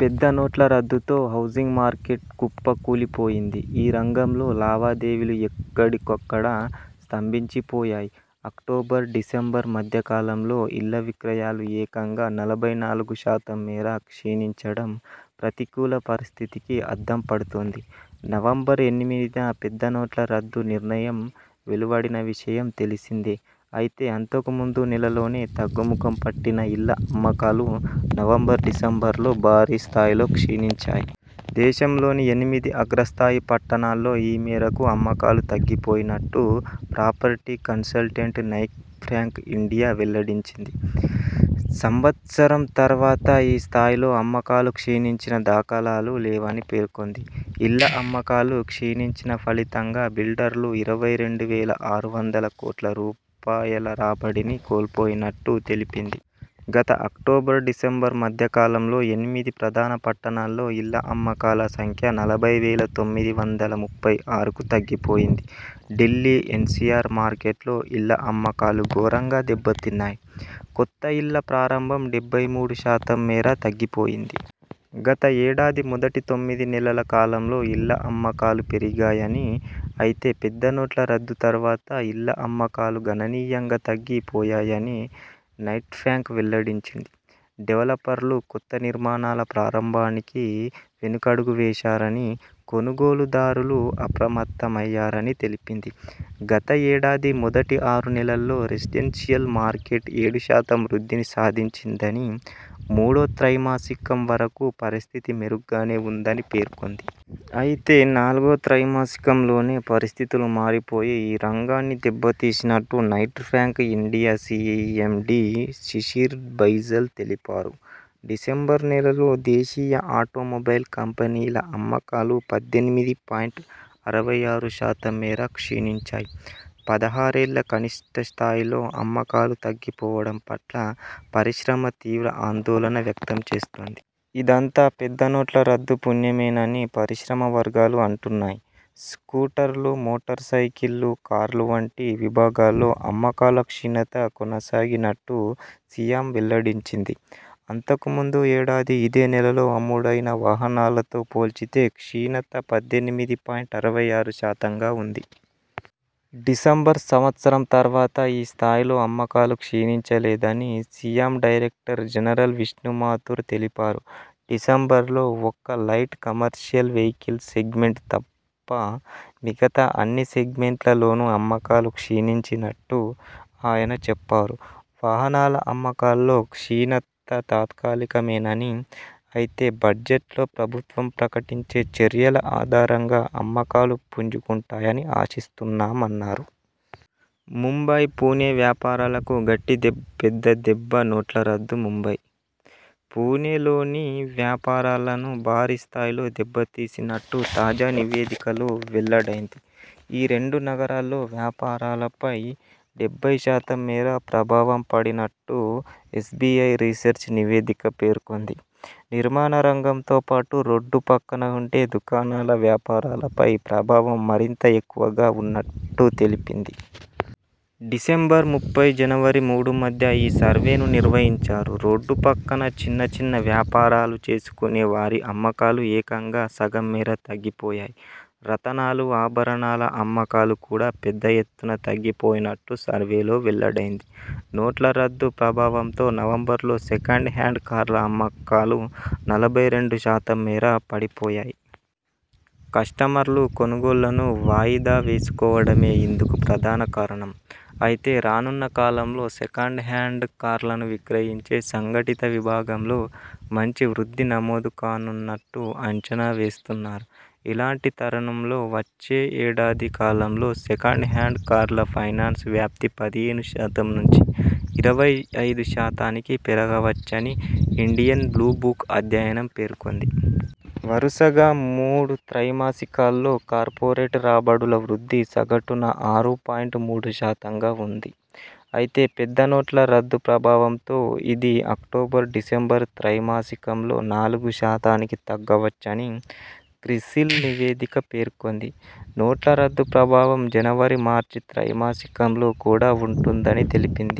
పెద్ద నోట్ల రద్దుతో housing market కుప్ప కూలిపోయింది. ఈ రంగంలో లావా దేవీలు ఎక్కడి కక్కడ స్తంభించిపోయాయి. అక్టోబర్, డిసెంబర్ మధ్య కాలంలో ఇళ్ల విక్రయాలు ఏకంగా నలభై నాలుగు శాతం మేర క్షీణించడం ప్రతికూల పరిస్థితికి అద్దం పడుతోంది. నవంబర్ ఎనిమిదిన పెద్ద నోట్ల రద్దు నిర్ణయం వెలు వడిన విషయం తెలిసిందే అయితే అంతకు ముందు నెలలోనే తగ్గు ముఖం పట్టిన ఇళ్ల అమ్మకాలు నవంబర్, డిసెంబర్లో భారీ స్థాయిలో క్షీణించాయి. దేశంలోని ఎనిమిది అగ్రస్థాయి పట్టణాల్లో ఈ మేరకు అమ్మకాలు తగ్గి పోయినట్టు property consultant Knight Frank India వెల్లడించింది. సంవత్సరం తర్వాత ఈ స్థాయిలో అమ్మకాలు క్షీణించిన దాఖలాలు లేవని పేర్కొంది. ఇళ్ల అమ్మకాలు క్షీణించిన ఫలితంగా బిల్డర్లు ఇరవై రెండు వేల ఆరు వందల కోట్ల రూ పాయల రాబడిని కోల్పోయినట్టు తెలిపింది. గత అక్టోబర్ డిసెంబర్ మధ్య కాలంలో ఎనిమిది ప్రధాన పట్టణాల్లో ఇళ్ల అమ్మకాల సంఖ్య నలభై వేల తొమ్మిది వందల ముప్పై ఆరుకు తగ్గి పోయింది ఢిల్లీ, ఎన్సిఆర్ మార్కెట్లో ఇళ్ల అమ్మకాలు ఘోరంగా దెబ్బతిన్నాయి. కొత్త ఇళ్ల ప్రారంభం డెబ్బై మూడు శాతం మేర తగ్గిపోయింది. గత ఏడాది మొదటి తొమ్మిది నెలల కాలంలో ఇళ్ల అమ్మకాలు పెరిగాయని, అయితే పెద్ద నోట్ల రద్దు తర్వాత ఇళ్ల అమ్మకాలు గణనీయంగా తగ్గి పోయాయని నైట్ఫ్రాంక్ వెల్లడించింది. డెవలపర్లు కొత్త నిర్మాణాల ప్రారంభానికి వెనకడుగు వేశారని, కొనుగోలు దారులు అప్రమత్తమయ్యారని తెలిపింది. గత ఏడాది మొదటి ఆరు నెలల్లో రెసిడెన్షియల్ మార్కెట్ ఏడు శాతం వృద్ధిని సాధించిందని, మూడో త్రై మాసికం వరకు పరిస్థితి మెరుగ్గానే ఉందని పేర్కొంది. అయితే నాలుగో త్రై మాసికంలోనే పరిస్థితులు మారిపోయి ఈ రంగాన్ని దెబ్బ తీసినట్టు Knight Frank India CMD Shishir Baijal తెలిపారు. డిసెంబర్ నెలలో దేశీయ ఆటో మొబైల్ కంపెనీల అమ్మకాలు పద్దెనిమిది పాయింట్ అరవై ఆరు శాతం మేర క్షీణించాయి. పదహారేళ్ల కనిష్ఠ స్థాయిలో అమ్మకాలు తగ్గిపోవడం పట్ల పరిశ్రమ తీవ్ర ఆందోళన వ్యక్తం చేస్తోంది. ఇదంతా పెద్ద నోట్ల రద్దు పుణ్యమేనని పరిశ్రమ వర్గాలు అంటున్నాయి. స్కూ టర్లు, మోటార్ సైకిళ్లు, కార్లు వంటి విభాగాల్లో అమ్మకాల క్షీణత కొనసాగినట్టు సియామ్ వెల్లడించింది. అంతకు ముందు ఏడాది ఇదే నెలలో అమ్ముడైన వాహనాలతో పోల్చితే క్షీణత పద్దెనిమిది పాయింట్ అరవై ఆరు శాతంగా ఉంది. డిసెంబర్ సంవత్సరం తర్వాత ఈ స్థాయిలో అమ్మకాలు క్షీణించ లేదని SIAM director general Vishnu Mathur తెలిపారు. డిసెంబర్లో ఒక్క లైట్ కమర్షియల్ వెహికిల్స్ సెగ్మెంట్లో తప్ప మిగతా అన్ని సెగ్మెంట్ల లోనూ అమ్మకాలు క్షీణించినట్టు ఆయన చెప్పారు. వాహనాల అమ్మకాల్లో క్షీణత తాత్కాలిక మేనని, అయితే బడ్జెట్లో ప్రభుత్వం ప్రకటించే చర్యల ఆధారంగా అమ్మకాలు పుంజుకుంటాయని ఆశిస్తున్నామన్నారు. ముంబై, పుణె వ్యాపారాలకు గట్టి దెబ్బపెద్ద నోట్ల రద్దు ముంబై, పుణెలోని వ్యాపారాలను భారీ స్థాయిలో దెబ్బ తీసినట్టు తాజా నివేదికలో వెల్లడైంది. ఈ రెండు నగరాల్లో వ్యాపారాలపై డెబ్బై శాతం మేర ప్రభావం పడినట్టు ఎస్బిఐ రీసెర్చ్ నివేదిక పేర్కొంది. నిర్మాణ రంగంతో పాటు రోడ్డు పక్కన ఉండే దుకాణాల వ్యాపారాలపై ప్రభావం మరింత ఎక్కువగా ఉన్నట్టు తెలిపింది. డిసెంబర్ ముప్పై, జనవరి మూడు మధ్య ఈ సర్వేను నిర్వహించారు. రోడ్డు పక్కన చిన్న చిన్న వ్యాపారాలు చేసుకునే వారి అమ్మకాలు ఏకంగా సగం మేర తగ్గి పోయాయి. రతనాలు, ఆభరణాల అమ్మకాలు కూడా పెద్ద ఎత్తున తగ్గి పోయినట్టు సర్వేలో వెల్లడైంది. నోట్ల రద్దు ప్రభావంతో నవంబర్లో సెకండ్ హ్యాండ్ కార్ల అమ్మకాలు నలభై రెండు శాతం మేర పడి పోయాయి. కస్టమర్లు కొనుగోళ్లను వాయిదా వేసుకోవడమే ఇందుకు ప్రధాన కారణం. అయితే రానున్న కాలంలో సెకండ్ హ్యాండ్ కార్లను విక్రయించే సంఘటిత విభాగంలో మంచి వృద్ధి నమోదు కానున్నట్టు అంచనా వేస్తున్నారు. ఇలాంటి తరుణంలో వచ్చే ఏడాది కాలంలో సెకండ్ హ్యాండ్ కార్ల ఫైనాన్స్ వ్యాప్తి పదిహేను శాతం నుంచి ఇరవై ఐదు శాతానికి పెరగవచ్చని ఇండియన్ బ్లూ బుక్ అధ్యయనం పేర్కొంది. వరుసగా మూడు త్రై మాసికాల్లో కార్పొరేట్ రాబడుల వృద్ధి సగటున ఆరు పాయింట్ మూడు శాతంగా ఉంది. అయితే పెద్ద నోట్ల రద్దు ప్రభావంతో ఇది అక్టోబర్, డిసెంబర్ త్రై మాసికంలో నాలుగు శాతానికి తగ్గవచ్చని క్రిసిల్ నివేదిక పేర్కొంది. నోట్ల రద్దు ప్రభావం జనవరి, మార్చి త్రైమాసికంలో కూడా ఉంటుందని తెలిపింది.